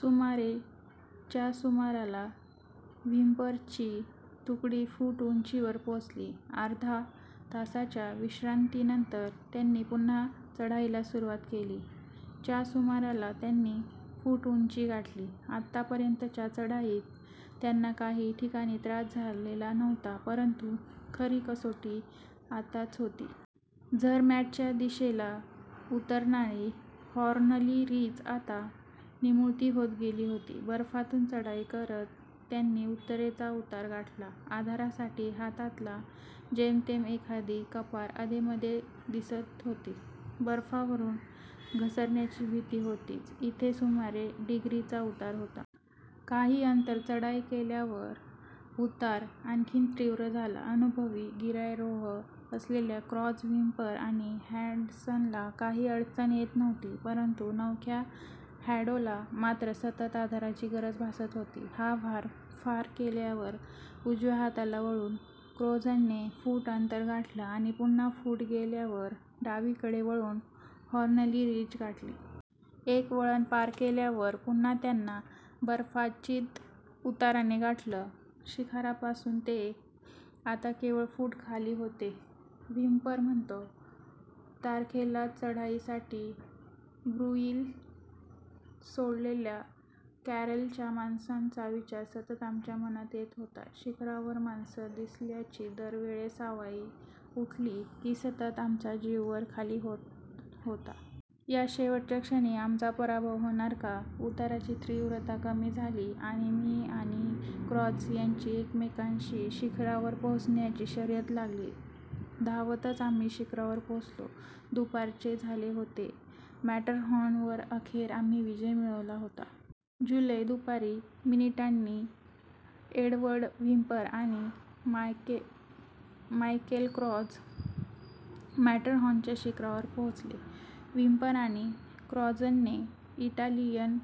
सुमारे. च्या सुमाराला व्हिम्परची तुकडी फूट उंचीवर पोहोचली. अर्ध्या तासाच्या विश्रांतीनंतर त्यांनी पुन्हा चढाईला सुरवात केली. च्या सुमाराला त्यांनी फूट उंची गाठली. आतापर्यंतच्या चढाईत त्यांना एकाही ठिकाणी त्रास झालेला नव्हता. परंतु खरी कसोटी आताच होती. झरमॅटच्या दिशेला उतरणारी हॉर्नली रिज आता निमुळती होत गेली होती. बर्फातून चढाई करत त्यांनी उत्तरेचा उतार गाठला. आधारासाठी हाताला जेमतेम एखादी कपार अधेमधे दिसत होती. बर्फावरून घसरण्याची भीती होतीच. इथे सुमारे डिग्रीचा उतार होता. काही अंतर चढाई केल्यावर उतार आणखीन तीव्र झाला. अनुभवी गिर्यारोहक असलेल्या क्रॉझ, व्हिम्पर आणि हडसनला काही अडचण येत नव्हती. परंतु नवख्या हॅडोला मात्र सतत आधाराची गरज भासत होती. हा भाग पार केल्यावर उजव्या हाताला वळून क्रॉझने फूट अंतर गाठलं आणि पुन्हा फूट वर गेल्यावर डावीकडे वळून हॉर्नली रिज गाठली. एका वळण पार केल्यावर पुन्हा त्यांना बर्फाच्छादीत उताराने गाठलं. शिखरापासून ते आता केवळ फूट खाली होते! व्हिम्पर म्हणतो," तारखेलाच चढाईसाठी ब्रुईल सोडलेल्या कॅरेलच्या माणसांचा विचार सतत आमच्या मनात येत होता. शिखरावर माणसं दिसल्याची दर वेळेस आवई उठली की सतत आमचा जीव वरखाली होत होता! या शेवटच्या क्षणी आमचा पराभव होणार का? उताराची तीव्रता कमी झाली आणि मी आणि क्रॉझ यांची एकमेकाशी शिखरावर पोहोचण्याची शर्यत लागली. धावतच आम्ही शिखरावर पोहोचलो! दुपारचे. झाले होते! मॅटरहॉर्न वर अखेर आम्ही विजय मिळवला होता! " जुलै दुपारी. मिनीटांनी एडवर्ड व्हिंपर आणि मायकेल क्रॉझ मॅटरहॉर्नच्या शिखरावर पोहोचले! व्हिम्पर आणि क्रॉझने इटालियन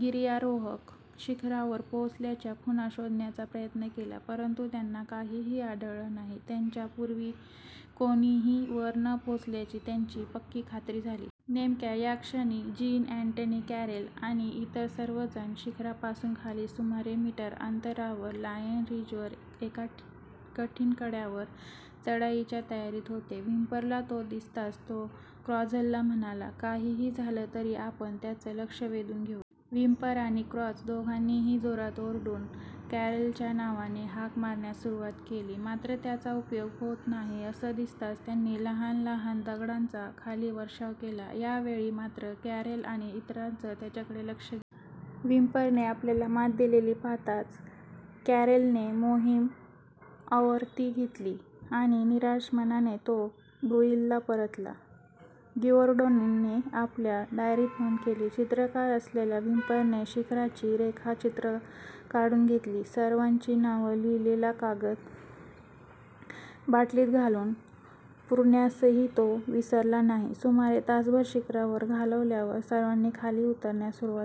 गिर्यारोहक शिखरावर पोहोचल्याच्या खुणा शोधण्याचा प्रयत्न केला, परंतु त्यांना काहीही आढळलं नाही! त्यांच्या पूर्वी कोणीही वर न पोहोचल्याची त्यांची पक्की खात्री झाली! नेमक्या या क्षणी जीन अँटनी कॅरेल आणि इतर सर्वजण शिखरापासून खाली सुमारे मीटर अंतरावर लायन रिजवर एका कठीण कड्यावर चढाईच्या तयारीत होते. व्हिम्परला ते दिसताच तो क्रॉझला म्हणाला," काहीही झालं तरी आपण त्यांचं लक्षं वेधून घेऊ! "व्हिम्पर आणि क्रॉझ दोघांनीही जोरात ओरडून कॅरेलच्या नावाने हाका मारण्यास सुरवात केली. मात्र त्याचा उपयोग होत नाही असं दिसताच त्यांनी लहान लहान दगडांचा खाली वर्षाव केला. यावेळी मात्र कॅरेल आणि इतरांचं त्यांच्याकडे लक्षं गेलं! व्हिम्परने आपल्याला मात दिलेली पाहताच कॅरेलने मोहीम आवरती घेतली आणि निराश मनाने तो ब्रुईलला परतला. गिओर्डानोने आपल्या डायरीत नोंद केली, चित्रकार असलेल्या व्हिम्परने शिखराची रेखाचित्रं काढून घेतली. सर्वांची नावं लिहीलेला कागद बाटलीत घालून पुरण्यासही तो विसरला नाही! सुमारे तासभर शिखरावर घालवल्यावर सर्वांनी खाली उतरण्यास सुरवात केली.